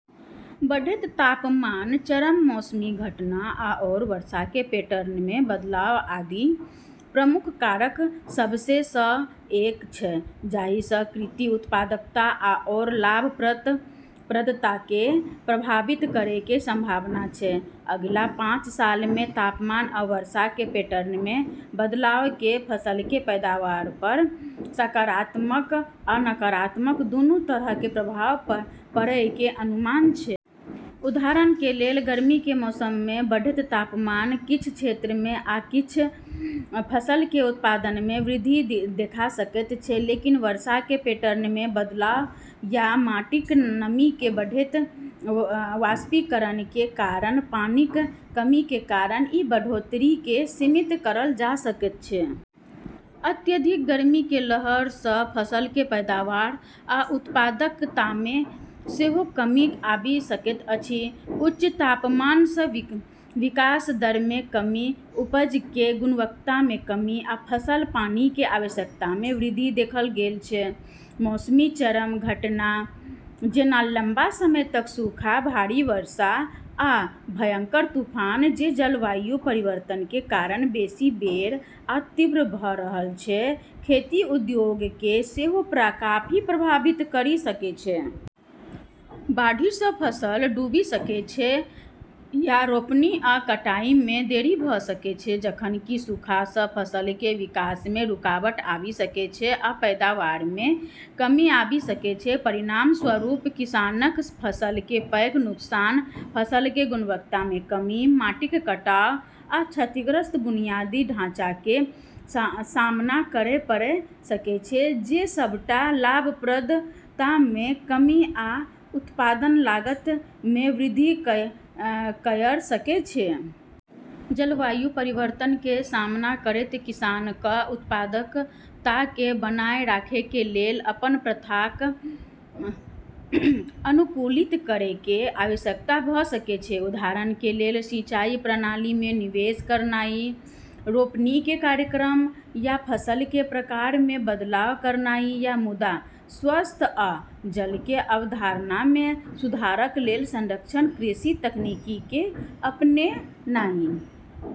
बढ़ैत तापमान, चरम मौसमी घटना, आओर वर्षाके पैटर्नमे बदलाव आदि प्रमुख कारक सभमे सँ एक छै जाहिसँ कृषि उत्पादकता आओर लाभप्रदताके प्रभावित करैके संभावना छै। अगिला पांच सालमे तापमान आ वर्षाके पैटर्नमे बदलावके फसलके पैदावार पर सकारात्मक आ नकारात्मक दुन्नू तरहके प्रभाव पड़यके अनुमान छै । उदाहरणके लेल गर्मीके मौसममे बढ़ैत तापमान किछ क्षेत्रमे आ किछ फसलके उत्पादनमे वृद्धि देखा सकै छै, लेकिन वर्षाके पैटर्नमे बदलाव या माटिक नमीके बढ़ैत वाष्पीकरणके कारण पानिक कमीके कारण ई बढ़ोत्तरीके सीमित करल जा सकै छै। अत्यधिक गर्मी के लहर सँ फसलके पैदावार आ उत्पादकतामे सेहो कमी आबि सकैत अछि; उच्च तापमानसँ विकास दरमे कमी, उपजके गुणवत्तामे कमी, आ फसल-पानिके आवश्यकतामे वृद्धि देखल गेल छै । मौसमी चरम घटना जेना लंबा समय तक सूखा, भारी वर्षा, आ भयंकर तूफान- जे जलवायु परिवर्तनके कारण बेशी बेर आ तीव्र भ' रहल छै, खेती उद्योगके सेहो काफी प्रभावित करि सकै छै । बाढ़िसँ फसल डूबि सकै छै या रोपनी आ कटाइमे देरी भ' सकै छै, जखन कि सूखासँ फसलके विकासमे रुकावट आबि सकै छै आ पैदावारमे कमी आबि सकै छै । परिणामस्वरूप किसानक फसलके पैघ नुकसान, फसलके गुणवत्तामे कमी, माटिक कटाव, आ क्षतिग्रस्त बुनियादी ढाँचाके सामना करय पड़य सकै छै, जे सबटा लाभप्रदतामे कमी आ उत्पादन लागतमे वृद्धि कयर सकै छै । जलवायु परिवर्तनके सामना करैत किसानक उत्पादकताके बनाए राखैके लेल अपन प्रथाक अनुकूलित करैके आवश्यकता भ' सकै छै, उदाहरणके लेल सिंचाई प्रणालीमे निवेश करनाइ, रोपनीके कार्यक्रम या फसलके प्रकारमे बदलाव करनाइ या मृदा स्वास्थ्य आ जलके अवधारणमे सुधारक लेल संरक्षण कृषि तकनीकके अपनेनाइ ।